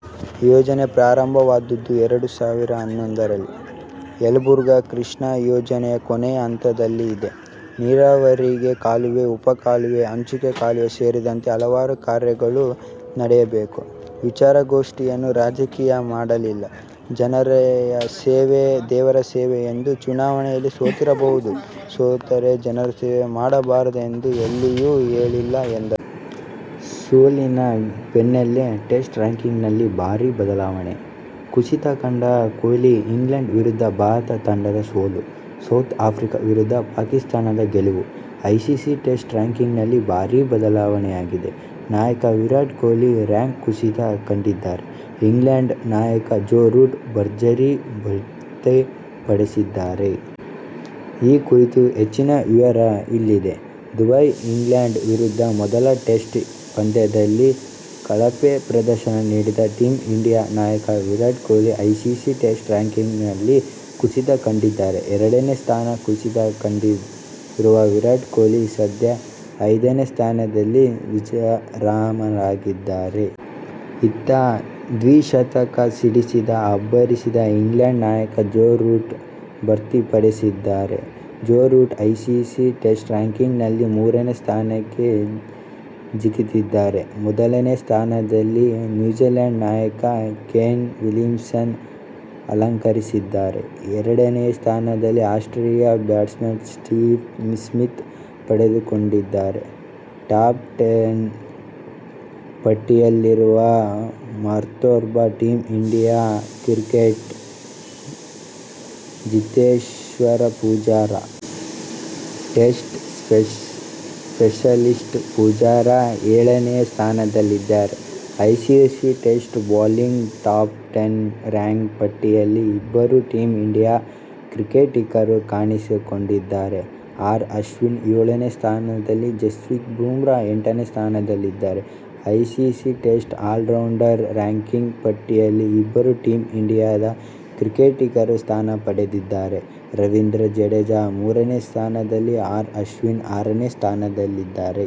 ಯೋಜನೆ ಪ್ರಾರಂಭವಾಗಿದ್ದು ಎರಡು ಸಾವಿರದ ಹನ್ನೊಂದರಲ್ಲಿ. ಯಲಬುರ್ಗಾ ಕೃಷ್ಣಾ ಯೋಜನೆಯ ಕೊನೆಯ ಹಂತದಲ್ಲಿ ಇದೆ. ನೀರಾವರಿಗೆ ಕಾಲುವೆ, ಉಪಕಾಲುವೆ, ಹಂಚಿಕೆ ಕಾಲುವೆ ಸೇರಿದಂತೆ ಹಲವಾರು ಕಾರ್ಯಗಳು ನಡೆಯಬೇಕು. ವಿಚಾರಗೋಷ್ಠಿಯನ್ನು ರಾಜಕೀಯ ಮಾಡುತ್ತಿಲ್ಲ. ಜನತಯ ಸೇವೆ ದೇವರ ಸೇವೆ ಎಂದು. ಚುನಾವಣೆಯಲ್ಲಿ ಸೋತಿರಬಹುದು. ಸೋತರೇ ಜನಸೇವೆ ಮಾಡಬಾರದು ಎಂದು ಎಲ್ಲಿಯೂ ಹೇಳಿಲ್ಲ ಎಂದರು. ಸೋಲಿನ ಬೆನ್ನಲ್ಲೇ ಟೆಸ್ಟ್ ರ್ಯಾಂಕ್ನಲ್ಲಿ ಭಾರಿ ಬದಲಾವಣೆ; ಕುಸಿತ ಕಂಡ ಕೊಹ್ಲಿ ಇಂಗ್ಲೆಂಡ್ ವಿರುದ್ಧದ ಭಾರತ ತಂಡದ ಸೋಲು, ಸೌತ್ ಆಫ್ರಿಕಾ ವಿರುದ್ಧ ಪಾಕಿಸ್ತಾನದ ಗೆಲುವು ಐಸಿಸಿ ಟೆಸ್ಟ್ ರ್ಯಾಂಕ್ನಲ್ಲಿ ಭಾರಿ ಬದಲಾವಣೆಯಾಗಿದೆ. ನಾಯಕ ವಿರಾಟ್ ಕೊಹ್ಲಿ ರ್ಯಾಂಕ್ ಕುಸಿತ ಕಂಡಿದ್ದರೆ, ಇಂಗ್ಲೆಂಡ್ ನಾಯಕ ಜೋ ರೂಟ್ ಭರ್ಜರಿ ಬಡ್ತಿ ಪಡೆದಿದ್ದಾರೆ. ಈ ಕುರಿತ ಹೆಚ್ಚಿನ ವಿವರ ಇಲ್ಲಿದೆ. ದುಬೈ: ಇಂಗ್ಲೆಂಡ್ ವಿರುದ್ದ ಮೊದಲ ಟೆಸ್ಟ್ ಪಂದ್ಯದಲ್ಲಿ ಕಳಪೆ ಪ್ರದರ್ಶನ ನೀಡಿದ ಟೀಂ ಇಂಡಿಯಾ ನಾಯಕ ವಿರಾಟ್ ಕೊಹ್ಲಿ ಐಸಿಸಿ ಟೆಸ್ಟ್ ರ್ಯಾಂಕ್ನಲ್ಲಿ ಕುಸಿತ ಕಂಡಿದ್ದಾರೆ. ಎರಡು ಸ್ಥಾನ ಕುಸಿತ ಕಂಡಿರುವ ವಿರಾಟ್ ಕೊಹ್ಲಿ ಸದ್ಯ ಐದನೇ ಸ್ಥಾನದಲ್ಲಿ ವಿರಾಜಮಾನರಾಗಿದ್ದಾರೆ. ಇತ್ತ ದ್ವಿಶತಕ ಸಿಡಿಸಿ ಅಬ್ಬರಿಸಿದ ಇಂಗ್ಲೆಂಡ್ ನಾಯಕ ಜೋ ರೂಟ್ ಬಡ್ತಿ ಪಡೆದಿದ್ದಾರೆ. ಜೋ ರೂಟ್ ಐಸಿಸಿ ಟೆಸ್ಟ್ ರ್ಯಾಂಕಿಂಗ್ನಲ್ಲಿ ಮೂರನೇ ಸ್ಥಾನಕ್ಕೆ ಜಿಗಿದಿದ್ದಾರೆ. ಮೊದಲ ಸ್ಥಾನವನ್ನು ನ್ಯೂಜಿಲೆಂಡ್ ನಾಯಕ ಕೇನ್ ವಿಲಿಯಮ್ಸನ್ ಅಲಂಕರಿಸಿದ್ದಾರೆ. ಎರಡನೇ ಸ್ಥಾನ ಆಸ್ಟ್ರೇಲಿಯಾ ಬ್ಯಾಟ್ಸ್ಮನ್ ಸ್ಟೀವ್ ಸ್ಮಿತ್ ಪಡೆದುಕೊಂಡಿದ್ದಾರೆ. ಟಾಪ್ ಟೆನ್ ಪಟ್ಟಿಯಲ್ಲಿರುವ ಮತ್ತೋರ್ವ ಟೀಂ ಇಂಡಿಯಾ ಕ್ರಿಕೆಟಿಗ ಚೇತೇಶ್ಪರ್ ಪೂಜಾರ. ಟೆಸ್ಟ್ ಸ್ಪೆಷಲಿಸ್ಟ್ ಪೂಜಾರ ಏಳನೇ ಸ್ಥಾನದಲ್ಲಿದ್ದಾರೆ. ICC test bowling top ten rank ಪಟ್ಟಿಯಲ್ಲಿ ಇಬ್ಬರು ಟೀಂ ಇಂಡಿಯಾ ಕ್ರಿಕೆಟಿಗರು ಕಾಣಿಸಿಕೊಂಡಿದ್ದಾರೆ. ಆರ್ ಅಶ್ವಿನ್ ಏಳನೇ ಸ್ಥಾನದಲ್ಲಿದ್ದರೆ, ಜಸ್ಪ್ರೀತ್ ಬುಮ್ರಾ ಎಂಟನೇ ಸ್ಥಾನದಲ್ಲಿದ್ದಾರೆ. ಐಸಿಸಿ ಟೆಸ್ಟ್ ಆಲ್ರೌಂಡರ್ ರ್ಯಾಂಕಿಂಗ್ ಪಟ್ಟಿಯಲ್ಲಿ ಇಬ್ಬರು ಟೀಂ ಇಂಡಿಯಾ ಕ್ರಿಕೆಟಿಗರು ಸ್ಥಾನ ಪಡೆದಿದ್ದಾರೆ. ರವೀಂದ್ರ ಜಡೇಜಾ ಮೂರನೇ ಸ್ಥಾನದಲ್ಲಿದ್ದರೆ, ಆರ್ ಅಶ್ವಿನ್ ಆರನೇ ಸ್ಥಾನದಲ್ಲಿದ್ದಾರೆ.